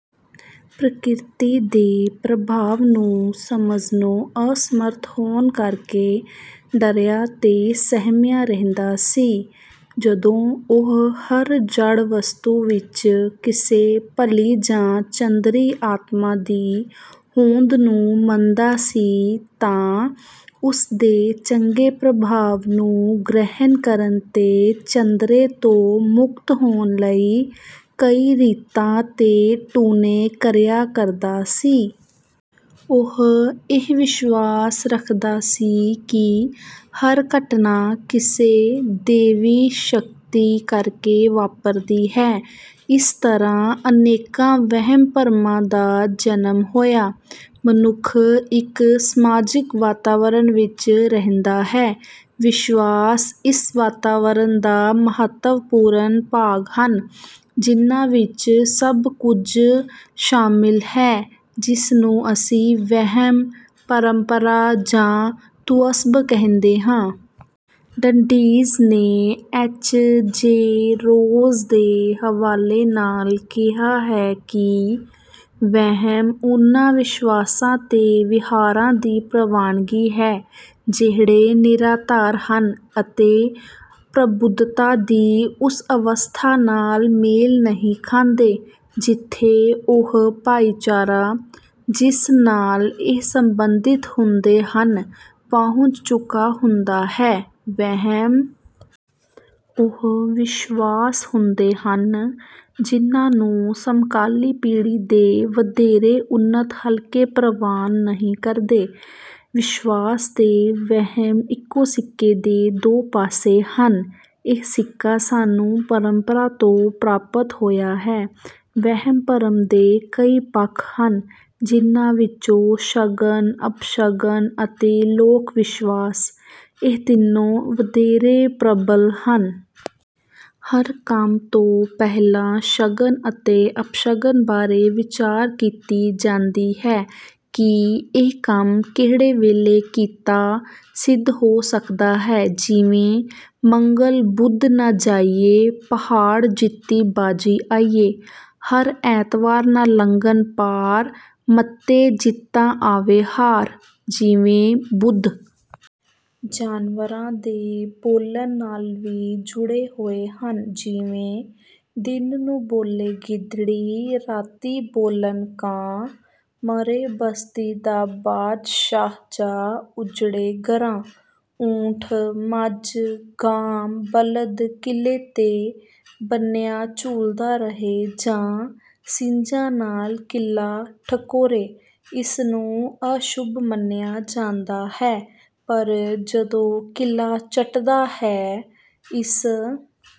ਪ੍ਰਕਿਰਤੀ ਦੇ ਪ੍ਰਭਾਵ ਨੂੰ ਸਮਝਣੋਂ ਅਸਮਰੱਥ ਹੋਣ ਕਰਕੇ ਡਰਿਆ ਤੇ ਸਹਿਮਿਆ ਰਹਿੰਦਾ ਸੀ। ਜਦੋਂ ਉਹ ਹਰ ਜੜ੍ਹ ਵਸਤੂ ਵਿੱਚ ਕਿਸੇ ਭਲੀ ਜਾਂ ਚੰਦਰੀ ਆਤਮਾ ਦੀ ਹੋਂਦ ਨੂੰ ਮੰਨਦਾ ਸੀ, ਤਾਂ ਉਸ ਦੇ ਚੰਗੇ ਪ੍ਰਭਾਵ ਨੂੰ ਗ੍ਰਹਿਣ ਕਰਨ ਤੇ ਚੰਦਰੇ ਤੋਂ ਮੁਕਤ ਹੋਣ ਲਈ ਕਈ ਰੀਤਾਂ ਤੇ ਟੂਣੇ ਕਰਿਆ ਕਰਦਾ ਸੀ। ਉਹ ਇਹ ਵਿਸ਼ਵਾਸ ਰੱਖਦਾ ਸੀ ਕਿ ਹਰ ਘਟਨਾ ਕਿਸੇ ਦੈਵੀ ਸ਼ਕਤੀ ਕਰਕੇ ਵਾਪਰਦੀ ਹੈ। ਇਸ ਤਰ੍ਹਾਂ ਅਨੇਕਾਂ ਵਹਿਮ-ਭਰਮਾਂ ਦਾ ਜਨਮ ਹੋਇਆ। ਮਨੁੱਖ ਇੱਕ ਸਮਾਜਿਕ ਵਾਤਾਵਰਣ ਵਿੱਚ ਰਹਿੰਦਾ ਹੈ। ਵਿਸ਼ਵਾਸ ਇਸ ਵਾਤਾਵਰਣ ਦਾ ਮਹੱਤਵਪੂਰਨ ਭਾਗ ਹਨ, ਜਿਨ੍ਹਾਂ ਵਿੱਚ ਸਭ ਕੁਝ ਸ਼ਾਮਿਲ ਹੈ, ਜਿਸ ਨੂੰ ਅਸੀਂ ਵਹਿਮ, ਪਰੰਪਰਾ ਜਾਂ ਤੁਅੱਸਬ ਕਹਿੰਦੇ ਹਾਂ। ਡੰਡੀਜ਼ ਨੇ ਐਚ. ਜੇ. ਰੋਜ਼ ਦੇ ਹਵਾਲੇ ਨਾਲ ਕਿਹਾ ਹੈ ਕਿ ਵਹਿਮ ਉਨ੍ਹਾਂ ਵਿਸ਼ਵਾਸਾਂ ਤੇ ਵਿਹਾਰਾਂ ਦੀ ਪ੍ਰਵਾਨਗੀ ਹੈ, ਜਿਹੜੇ ਨਿਰਾਧਾਰ ਹਨ ਅਤੇ ਪ੍ਰਬੁੱਧਤਾ ਦੀ ਉਸ ਅਵਸਥਾ ਨਾਲ ਮੇਲ ਨਹੀਂ ਖਾਂਦੇ, ਜਿੱਥੇ ਉਹ ਭਾਈਚਾਰਾ, ਜਿਸ ਨਾਲ ਇਹ ਸੰਬੰਧਿਤ ਹੁੰਦੇ ਹਨ, ਪਹੁੰਚ ਚੁੱਕਾ ਹੁੰਦਾ ਹੈ। ਵਹਿਮ ਉਹ ਵਿਸ਼ਵਾਸ ਹੁੰਦੇ ਹਨ, ਜਿਨ੍ਹਾਂ ਨੂੰ ਸਮਕਾਲੀ ਪੀੜ੍ਹੀ ਦੇ ਵਧੇਰੇ ਉੱਨਤ ਹਲਕੇ ਪ੍ਰਵਾਨ ਨਹੀਂ ਕਰਦੇ। ਵਿਸ਼ਵਾਸ ਤੇ ਵਹਿਮ ਇਕੋ ਸਿੱਕੇ ਦੇ ਦੋ ਪਾਸੇ ਹਨ। ਇਹ ਸਿੱਕਾ ਸਾਨੂੰ ਪਰੰਪਰਾ ਤੋਂ ਪ੍ਰਾਪਤ ਹੋਇਆ ਹੈ। ਵਹਿਮ-ਭਰਮ ਦੇ ਕਈ ਪੱਖ ਹਨ, ਜਿਨ੍ਹਾਂ ਵਿੱਚੋਂ ਸ਼ਗਨ, ਅਪਸ਼ਗਨ ਅਤੇ ਲੋਕ-ਵਿਸ਼ਵਾਸ—ਇਹ ਤਿੰਨੋ ਵਧੇਰੇ ਪ੍ਰਬਲ ਹਨ। ਹਰ ਕੰਮ ਤੋਂ ਪਹਿਲਾਂ ਸ਼ਗਨ ਅਤੇ ਅਪਸ਼ਗਨ ਬਾਰੇ ਵਿਚਾਰ ਕੀਤੀ ਜਾਂਦੀ ਹੈ ਕਿ ਇਹ ਕੰਮ ਕਿਹੜੇ ਵੇਲੇ ਕੀਤਾ ਸਿੱਧ ਹੋ ਸਕਦਾ ਹੈ। ਜਿਵੇਂ:“ਮੰਗਲ ਬੁੱਧ ਨਾ ਜਾਈਏ, ਪਹਾੜ ਜਿੱਤੀ ਬਾਜ਼ੀ ਆਈਏ। ਹਰ ਐਤਵਾਰ ਨਾ ਲੰਘਣ ਪਾਰ, ਮੱਤੇ ਜਿੱਤਾਂ ਆਵੇ ਹਾਰ।”ਜਿਵੇਂ:“ਬੁੱਧ ਜਾਨਵਰਾਂ ਦੇ ਬੋਲਣ ਨਾਲ ਵੀ ਜੁੜੇ ਹੋਏ ਹਨ। ਜਿਵੇਂ:“ਦਿਨ ਨੂੰ ਬੋਲੇ ਗਿੱਦੜੀ, ਰਾਤੀ ਬੋਲਣ ਕਾਂ, ਮਰੇ ਬਸਤੀ ਦਾ ਬਾਦਸ਼ਾਹਜਾਂ ਉਜੜੇ ਗਰਾਂ।”ਉਂਠ, ਮੱਝ, ਗਾਂ, ਬਲਦ ਕਿੱਲੇ ’ਤੇ ਬੰਨ੍ਹਿਆਂ ਝੂਲਦਾ ਰਹੇ ਜਾਂ ਸਿੰਙਾਂ ਨਾਲ ਕਿੱਲਾ ਠਕੋਰੇ, ਇਸ ਨੂੰ ਅਸ਼ੁੱਭ ਮੰਨਿਆ ਜਾਂਦਾ ਹੈ। ਪਰ ਜਦੋਂ ਕਿੱਲਾ ਚੱਟਦਾ ਹੈ, ਇਸ...